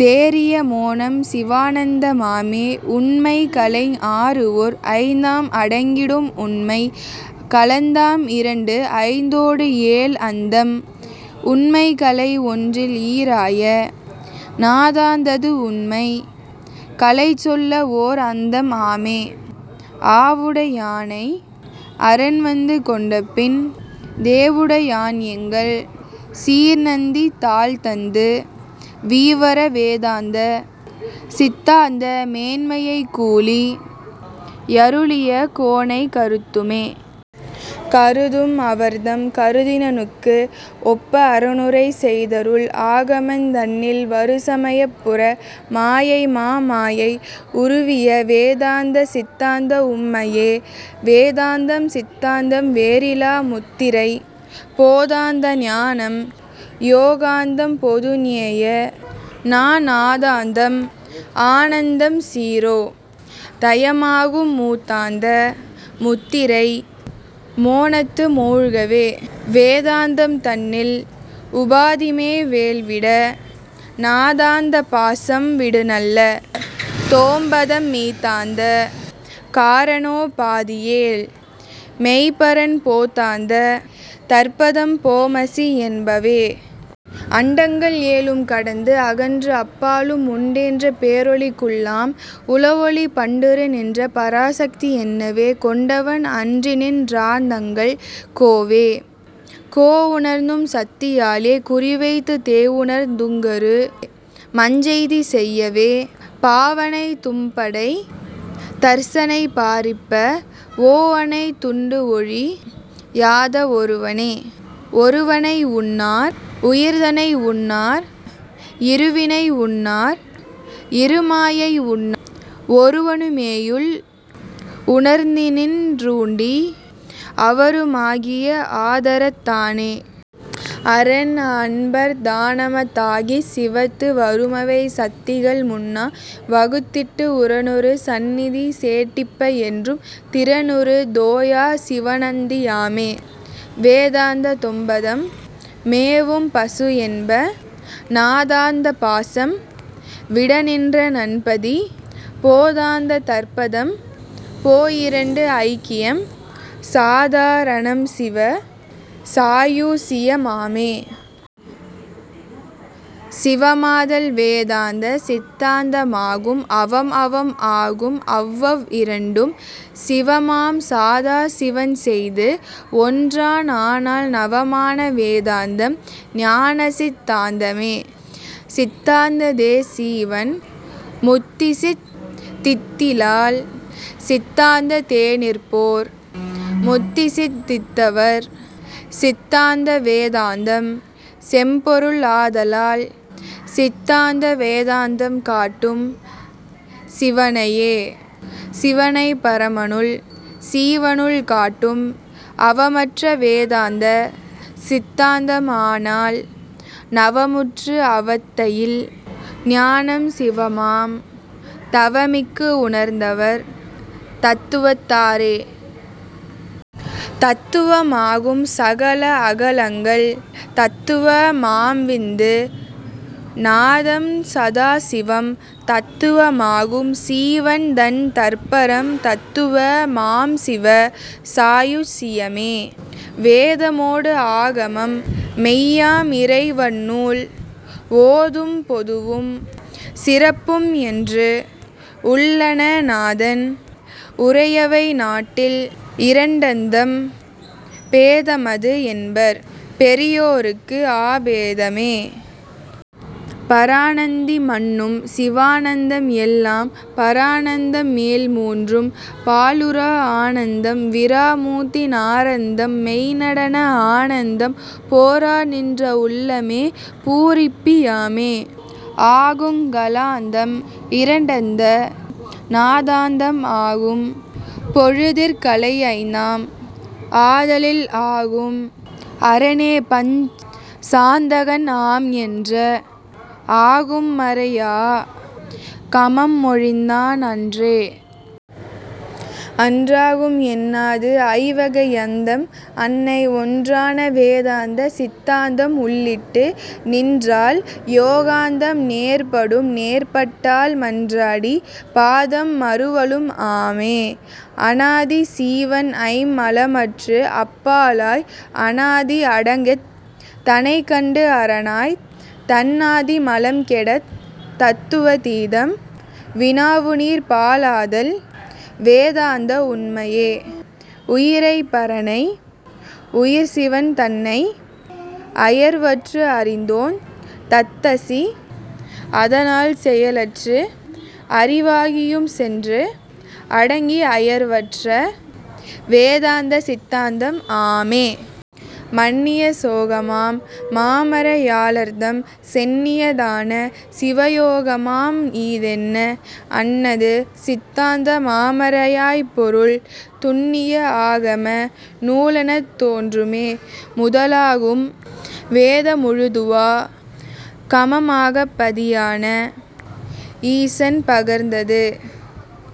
தேறிய மோனம் சிவானந்த மாமே. உண்மைக் கலைஆறுஓர் ஐந்தான் அடங்கிடும் உண்மைக் கலாந்தம் இரண்டுஐந்தோடு ஏழ்அந்தம் உண்மைக் கலைஒன்றில் ஈறாய நாதாந்தத்து உண்மைக் கலைசொல்ல ஓர்அந்தம் ஆமே. ஆவுடை யானை அரன்வந்து கொண்டபின் தேவுடை யான்எங்கள் சீர்நந்தி தாள்தந்து வீவற வேதாந்த சித்தாந்த மேன்மையைக் கூளி யருளிய கோனைக் கருதுமே. கருதும் அவர்தம் கருத்தினுக்கு ஒப்ப அரனுரை செய்தருள் ஆகமந் தன்னில் வருசமயப் புற மாயைமா மாயை உருவிய வேதாந்த சித்தாந்த உண்மையே. வேதாந்தம் சித்தாந்தம் வேறிலா முத்திரை போதாந்த ஞானம் யோகாந்தம் பொதுஞேய நாதாந்தம் ஆனந்தம் சீரோ தயமாகும் மூதாந்த முத்திரை மோனத்து மூழ்கவே. வேதாந்தம் தன்னில் உபாதிமே வேழ்விட நாதாந்த பாசம் விடுநல்ல தொம்பதம் மீதாந்த காரணோ பாதியேழ் மெய்ப்பரன் போதாந்த தற்பதம் போமசி என்பவே. அண்டங்கள் ஏழும் கடந்துஅகன்று அப்பாலும் உண்டென்ற பேரொளிக் குள்ளாம் உளஒளி பண்டுறு நின்ற பராசக்தி என்னவே கொண்டவன் அன்றிநின் றான்தங்கள் கோவே. கோஉணர்ந் தும்சத்தி யாலே குறிவைத்துத் தேவுணர்த் துங்கரு மஞ்செய்தி செய்யவே பாவனைத் தும்படைத் தர்ச்சனை பாரிப்ப ஓஅனைத் துண்டுஒழி யாத ஒருவனே. ஒருவனை உன்னார் உயிர்தனை உன்னார் இருவினை உன்னார் இருமாயை உன் ஒருவனு மேயுள் உணர்ந்திநின் றூட்டி அருவனு மாகிய ஆதரத் தானே. அரன்அன்பர் தானம தாகிச் சிவத்து வருமவை சத்திகள் முன்னா வகுத்திட்டு உரனுறு சந்நிதி சேட்டிப்ப என்றும் திரனுறு தோயாச் சிவாநந்தி யாமே. வேதாந்த தொம்பதம் மேவும் பசுஎன்ப நாதாந்த பாசம் விடநின்ற நன்பதி போதாந்த தற்பதம் போய்இரண்டு ஐக்கியம் சாதா ரணம்சிவ சாயுச் சிய மாமே. சிவமாதல் வேதாந்த சித்தாந்த மாகும் அவம்அவம் ஆகும் அவ்வவ் இரண்டும் சிவமாம் சதாசிவன் செய்துஒன்றான் ஆனால் நவமான வேதாந்தம் ஞானசித் தாந்தமே. சித்தாந்த தேசீவன் முத்திசித் தித்திலால் சித்தாந்தத் தேநிற்போர் முத்திசித் தித்திவர் சித்தாந்த வேதாந்தம் செம்பொருள் ஆதலால் சிந்தாந்த வேதாந்தம் காட்டும் சிவனையே. சிவனைப் பரமனுள் சீவனுள் காட்டும் அவமற்ற வேதாந்த சித்தாந்தம் ஆனால் நவமுற்று அவத்தையில் ஞானம் சிவமாம் தவமிக்கு உணர்ந்தவர் தத்துவத் தாரே. தத்துவம் ஆகும் சகள அகளங்கள் தத்துவ மாம்விந்து நாதம் சதாசிவம் தத்துவ மாகும் சீவன் தன் தற்பரம் தத்துவ மாம்சிவ சாயுச் சியமே. வேதமோடு ஆகமம் மெய்யாம் இறைவன்நூல் ஓதும் பொதுவும் சிறப்பும்என்று உள்ளன நாதன் உரையவை நாடில் இரண்டந்தம் பேதமது என்பர் பெரியோர்க்கு அபேதமே. பராநந்தி மன்னும் சிவானந்தம் எல்லாம் பரானந்தம் மேல்மூன்றும் பாழுறா ஆனந்தம் விராமுத்தி ரானந்தம் மெய்நடன ஆனந்தம் பொராநின்ற உள்ளமே பூரிப்பி யாமே. ஆகுங் கலாந்தம் இரண்டந்த நாதாந்தம் ஆகும் பொழுதிற் கலைஐந்தாம் ஆதலில் ஆகும் அரனேபஞ் சாந்தகன் ஆம் என்ற ஆகும் மறைஆ கமம்மொழிந் தான்அன்றே. அன்றாகும் என்னாதுஐ வகைஅந்தம் அன்னை ஒன்றான வேதாந்த சித்தாந்தம் உள்ளிட்டு நின்றால் யோகாந்தம் நேர்படும் நேர்பட்டால் மன்றாடி பாதம் மருவலும் ஆமே. அனாதி சீவன்ஐம் மலமற்றுஅப் பாலாய் அனாதி அடக்கித் தனைக்கண்டு அரனாய்த் தன்ஆதி மலம்கெடத் தத்துவா தீதம் வினாவுநீர் பாலாதல் வேதாந்த உண்மையே. உயிரைப் பரனை உயிர்சிவன் தன்னை அயர்வற்று அறிதொந் தத்தசி அதனால் செயலற்று அறிவாகி யும்சென்று அடங்கி அயர்வற்ற வேதாந்த சித்தாந்தம் ஆமே. மன்னிய சோகமாம் மாமறை யாளர்தம் சென்னிய தான சிவயோகமாம் ஈதென்ன அன்னது சித்தாந்த மாமறை யாய்பொருள் துன்னிய ஆகம நூலெனத் தோன்றுமே. முதலாகும் வேத முழுதுஆ கமம்அகப் பதியான ஈசன் பகர்ந்தது